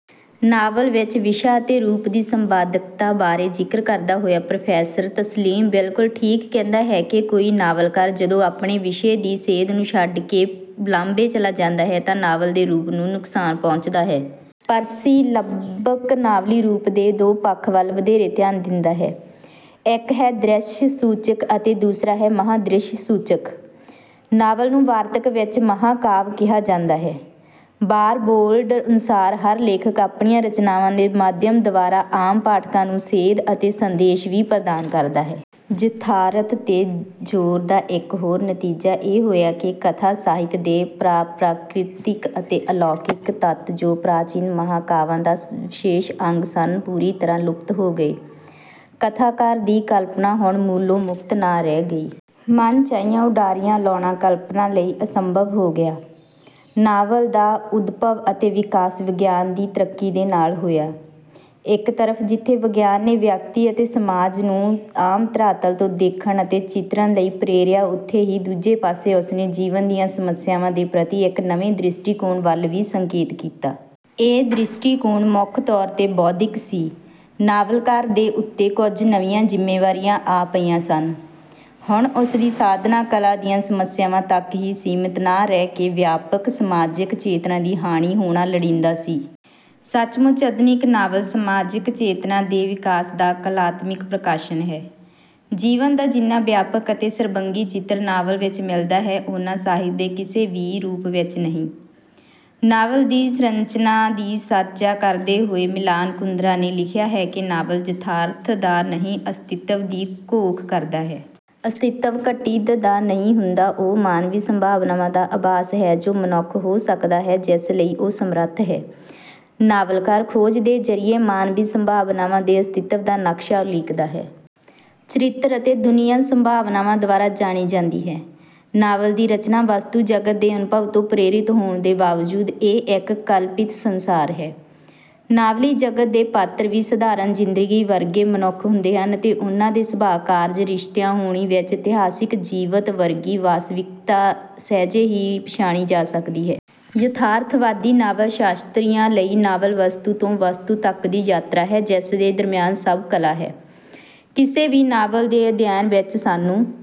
Novel ਵਿੱਚ ਵਿਸ਼ਾ ਅਤੇ ਰੂਪ ਦੀ ਸੰਬਾਦਕਤਾ ਬਾਰੇ ਜ਼ਿਕਰ ਕਰਦਾ ਹੋਇਆ ਪ੍ਰੋਫੈਸਰ ਤਸਲੀਮ ਬਿਲਕੁਲ ਠੀਕ ਕਹਿੰਦਾ ਹੈ ਕਿ ਕੋਈ ਨਾਵਲਕਾਰ ਜਦੋਂ ਆਪਣੇ ਵਿਸ਼ੇ ਦੀ ਸੇਧ ਨੂੰ ਛੱਡ ਕੇ ਲਾਂਭੇ ਚਲਾ ਜਾਂਦਾ ਹੈ ਤਾਂ ਨਾਵਲ ਦੇ ਰੂਪ ਨੂੰ ਨੁਕਸਾਨ ਪਹੁੰਚਦਾ ਹੈ। ਪਰਸੀ ਲੱਬਕ ਨਾਵਲੀ ਰੂਪ ਦੇ ਦੋ ਪੱਖਾਂ ਵੱਲ ਵਧੇਰੇ ਧਿਆਨ ਦਿੰਦਾ ਹੈ। ਇੱਕ ਹੈ ਦ੍ਰਿਸ਼ਸੂਚਕ ਅਤੇ ਦੂਸਰਾ ਹੈ ਮਹਾਂਦ੍ਰਿਸ਼ਸੂਚਕ। ਨਾਵਲ ਨੂੰ ਵਾਰਤਕ ਵਿੱਚ ਲਿਖਿਆ ਮਹਾਂਕਾਵਿ ਕਿਹਾ ਜਾਂਦਾ ਹੈ। ਬਾਰਬੋਲਡ ਅਨੁਸਾਰ ਹਰ ਲੇਖਕ ਆਪਣੀਆਂ ਰਚਨਾਵਾਂ ਦੇ ਮਾਧਿਅਮ ਦੁਆਰਾ ਆਮ ਪਾਠਕਾਂ ਨੂੰ ਸੇਧ ਅਤੇ ਸੰਦੇਸ਼ ਵੀ ਪ੍ਰਦਾਨ ਕਰਦਾ ਹੈ। ਯਥਾਰਥ ਤੇ ਜੋਰ ਦਾ ਇੱਕ ਹੋਰ ਨਤੀਜਾ ਇਹ ਹੋਇਆ ਕਿ ਕਥਾ ਸਾਹਿਤ ਦੇ ਪਰਾਪ੍ਰਕਿਰਤਕ ਅਤੇ ਅਲੌਕਿਕ ਤੱਤ ਜੋ ਪ੍ਰਾਚੀਨ ਮਹਾਂਕਾਵਾਂ ਦਾ ਵਿਸ਼ੇਸ਼ ਅੰਗ ਸਨ ਪੂਰੀ ਤਰ੍ਹਾਂ ਲੁਪਤ ਹੋ ਗਏ। ਕਥਾਕਾਰ ਦੀ ਕਲਪਨਾ ਹੁਣ ਮੂਲੋਂ ਮੁਕਤ ਨਾ ਰਹਿ ਗਈ। ਮਨਚਾਹੀਆਂ ਉਡਾਰੀਆਂ ਲਾਉਣਾ ਕਲਪਨਾ ਲਈ ਅਸੰਭਵ ਹੋ ਗਿਆ। ਨਾਵਲ ਦਾ ਉਦਭਵ ਅਤੇ ਵਿਕਾਸ ਵਿਗਿਆਨ ਦੀ ਤਰੱਕੀ ਦੇ ਨਾਲ ਹੋਇਆ। ਇੱਕ ਤਰਫ ਜਿੱਥੇ ਵਿਗਿਆਨ ਨੇ ਵਿਅਕਤੀ ਅਤੇ ਸਮਾਜ ਨੂੰ ਆਮ ਧਰਾਤਲ ਤੋਂ ਦੇਖਣ ਅਤੇ ਚਿਤਰਣ ਲਈ ਪ੍ਰੇਰਿਆ ਉਥੇ ਹੀ ਦੂਜੇ ਪਾਸੇ ਉਸਨੇ ਜੀਵਨ ਦੀਆਂ ਸਮਸਿਆਵਾਂ ਦੇ ਪ੍ਰਤੀ ਇੱਕ ਨਵੇਂ ਦ੍ਰਿਸ਼ਟੀਕੋਣ ਵੱਲ ਵੀ ਸੰਕੇਤ ਕੀਤਾ। ਇਹ ਦ੍ਰਿਸ਼ਟੀਕੋਣ ਮੁੱਖ ਤੌਰ ਤੇ ਬੌਧਿਕ ਸੀ। ਨਾਵਲਕਾਰ ਦੇ ਉੱਤੇ ਕੁੱਝ ਨਵੀਆਂ ਜ਼ਿੰਮੇਵਾਰੀਆਂ ਆ ਪਈਆਂ ਸਨ। ਹੁਣ ਉਸ ਦੀ ਸਾਧਨਾ ਕਲਾ ਦੀਆਂ ਸਮਸਿਆਵਾਂ ਤੱਕ ਹੀ ਸੀਮਿਤ ਨਾ ਰਹਿਕੇ ਵਿਆਪਕ ਸਮਾਜਕ ਚੇਤਨਾ ਦੀ ਹਾਣੀ ਹੋਣਾ ਲੋੜੀਂਦੀ ਸੀ। ਸਚਮੁਚ ਆਧੁਨਿਕ ਨਾਵਲ ਸਮਾਜਕ ਚੇਤਨਾ ਦੇ ਵਿਕਾਸ ਦਾ ਕਲਾਤਮਕ ਪ੍ਰਕਾਸ਼ਨ ਹੈ। ਜੀਵਨ ਦਾ ਜਿੰਨਾ ਵਿਆਪਕ ਅਤੇ ਸਰਬੰਗੀ ਚਿੱਤਰ ਨਾਵਲ ਵਿੱਚ ਮਿਲਦਾ ਹੈ ਓਨਾ ਸਾਹਿਤ ਦੇ ਹੋਰ ਕਿਸੇ ਵੀ ਰੂਪ ਵਿੱਚ ਨਹੀਂ। ਨਾਵਲ ਦੀ ਸੰਰਚਨਾ ਦੀ ਚਰਚਾ ਕਰਦੇ ਹੋਏ ਮਿਲਾਨ ਕੁੰਦਰਾ ਨੇ ਲਿਖਿਆ ਹੈ ਨਾਵਲ ਯਥਾਰਥ ਦਾ ਨਹੀਂ ਅਸਤਿਤਵ ਦੀ ਘੋਖ ਕਰਦਾ ਹੈ। ਅਸਤੀਤਵ ਘਟਿਤ ਦਾ ਨਹੀਂ ਹੁੰਦਾ ਉਹ ਮਾਨਵੀ ਸੰਭਾਵਨਾਵਾਂ ਦਾ ਆਭਾਸ ਹੈ ਜੋ ਮਨੁੱਖ ਹੋ ਸਕਦਾ ਹੈ ਜਿਸਦੇ ਲਈ ਉਹ ਸਮਰੱਥ ਹੈ। ਨਾਵਲਕਾਰ ਖੋਜ ਦੇ ਜਰੀਏ ਮਾਨਵੀ ਸੰਭਾਵਨਾਵਾਂ ਦੇ ਅਸਤਿਤਵ ਦਾ ਨਕਸ਼ਾ ਉਲੀਕਦਾ ਹੈ। ਚਰਿੱਤਰ ਅਤੇ ਦੁਨੀਆਂ ਸੰਭਾਵਨਾਵਾਂ ਦੁਆਰਾ ਜਾਣੀ ਜਾਂਦੀ ਹੈ। ਨਾਵਲ ਦੀ ਰਚਨਾ ਵਸਤੂ ਜਗਤ ਦੇ ਅਨੁਭਵ ਤੋਂ ਪ੍ਰੇਰਿਤ ਹੋਣ ਦੇ ਬਾਵਜੂਦ ਇਹ ਇੱਕ ਕਲਪਿਤ ਸੰਸਾਰ ਹੈ। ਨਾਵਲੀ ਜਗਤ ਦੇ ਪਾਤਰ ਵੀ ਸਧਾਰਣ ਜਿੰਦਗੀ ਵਰਗੇ ਮਨੁੱਖ ਹੁੰਦੇ ਹਨ ਅਤੇ ਉਨ੍ਹਾਂ ਦੇ ਸੁਭਾਅ ਕਾਰਜ ਰਿਸ਼ਤਿਆਂ ਹੋਣੀ ਵਿੱਚ ਇਤਿਹਾਸਕ ਜੀਵਤ ਵਰਗੀ ਵਾਸਤਵਿਕਤਾ ਸਹਿਜੇ ਹੀ ਪਛਾਣੀ ਜਾ ਸਕਦੀ ਹੈ। ਯਥਾਰਥਵਾਦੀ ਨਾਵਲ ਸ਼ਾਸਤਰੀਆਂ ਲਈ ਨਾਵਲ ਵਸਤੂ ਤੋਂ ਵਸਤੂ ਤੱਕ ਦੀ ਯਾਤਰਾ ਹੈ ਜਿਸ ਦੇ ਦਰਮਿਆਨ ਸਭ ਕਲਾ ਹੈ। ਕਿਸੇ ਵੀ ਨਾਵਲ ਦੇ ਅਧਿਐਨ ਵਿੱਚ ਸਾਨੂੰ